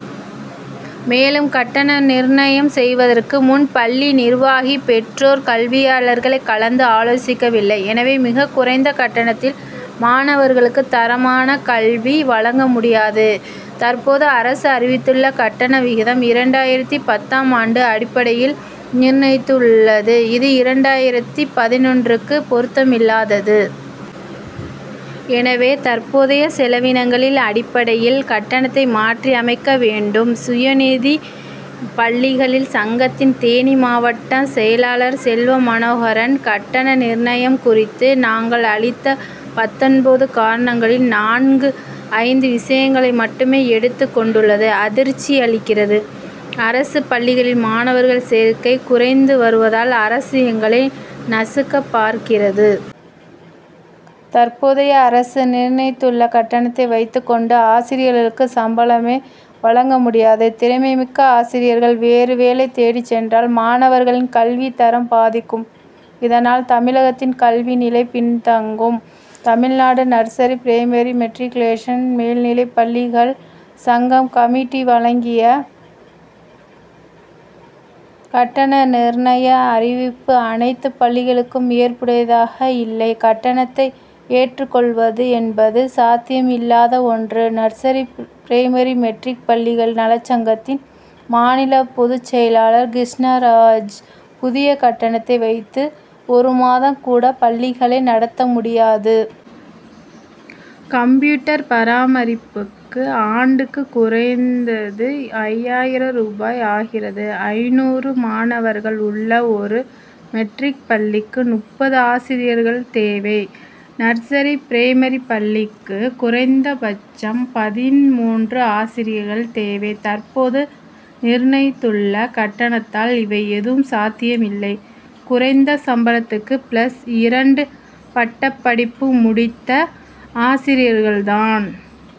மேலும் கட்டணம் நிர்ணயம் செய்வதற்கு முன் பள்ளி நிர்வாகி பெற்றோர் கல்வியாளர்களை கலந்து ஆலோசிக்கவில்லை. எனவே மிகக் குறைந்த கட்டணத்தில் மாணவர்களுக்கு தரமான கல்வி வழங்க முடியாது. தற்போது அரசு அறிவித்துள்ள கட்டண விகிதம் இரண்டாயிரத்து பத்தாம் ஆண்டு அடிப்படையில் நிர்ணயித்துள்ளது. இது இரண்டாயிரத்து பதினொன்றுக்கு பொருத்தமில்லாதது. எனவே தற்போதைய செலவினங்களின் அடிப்படையில் கட்டணத்தை மாற்றி அமைக்க வேண்டும். சுயநிதி பள்ளிகள் சங்கத்தின் தேனி மாவட்ட செயலர் செல்வமனோகரன் கட்டண நிர்ணயம் குறித்து நாங்கள் அளித்த பத்தொன்பது காரணிகளில் நான்கு ஐந்து விஷயங்களை மட்டுமே எடுத்துக் கொண்டுள்ளது அதிர்ச்சி அளிக்கிறது. அரசு பள்ளிகளில் மாணவர் சேர்க்கை குறைந்து வருவதால் அரசு எங்களை நசுக்க பார்க்கிறது. தற்போது அரசு நிர்ணயித்துள்ள கட்டணத்தை வைத்துக் கொண்டு ஆசிரியர்களுக்கு சம்பளமே வழங்க முடியாது. திறமை மிக்க ஆசிரியர்கள் வேறு வேலை தேடி சென்றால் மாணவர்களின் கல்வித் தரம் பாதிக்கும். இதனால் தமிழகத்தின் கல்வி நிலை பின்தங்கும். தமிழ்நாடு நர்சரி பிரைமரி மெட்ரிகுலேஷன் மேல்நிலை பள்ளிகள் சங்கம் கமிட்டி வழங்கிய கட்டண நிர்ணய அறிவிப்பு அனைத்து பள்ளிகளுக்கும் ஏற்புடையதாக இல்லை கட்டணத்தை ஏற்றுக்கொள்வது என்பது சாத்தியம் இல்லாத ஒன்று நர்சரி பிரைமரி மெட்ரிக் பள்ளிகள் நலச்சங்கத்தின் மாநில பொதுச் செயலர் கிருஷ்ணராஜ் புதிய கட்டணத்தை வைத்து ஒரு மாதம் கூட பள்ளியை நடத்த முடியாது. கம்ப்யூட்டர் பராமரிப்புக்கு ஆண்டுக்கு குறைந்தது ஐயாயிரம் ரூபாய் ஆகிறது. ஐநூறு மாணவர்கள் உள்ள ஒரு மெட்ரிக் பள்ளிக்கு முப்பது ஆசிரியர்கள் தேவை. நர்சரி பிரைமரி பள்ளிக்கு குறைந்தபட்சம் பதின்மூன்று ஆசிரியர்கள் தேவை. தற்போது நிர்ணயித்துள்ள கட்டணத்தால் இவை எதுவும் சாத்தியமில்லை. குறைந்த சம்பளத்துக்கு பிளஸ் இரண்டு பட்டப்படிப்பு முடித்த ஆசிரியர்கள்தான்.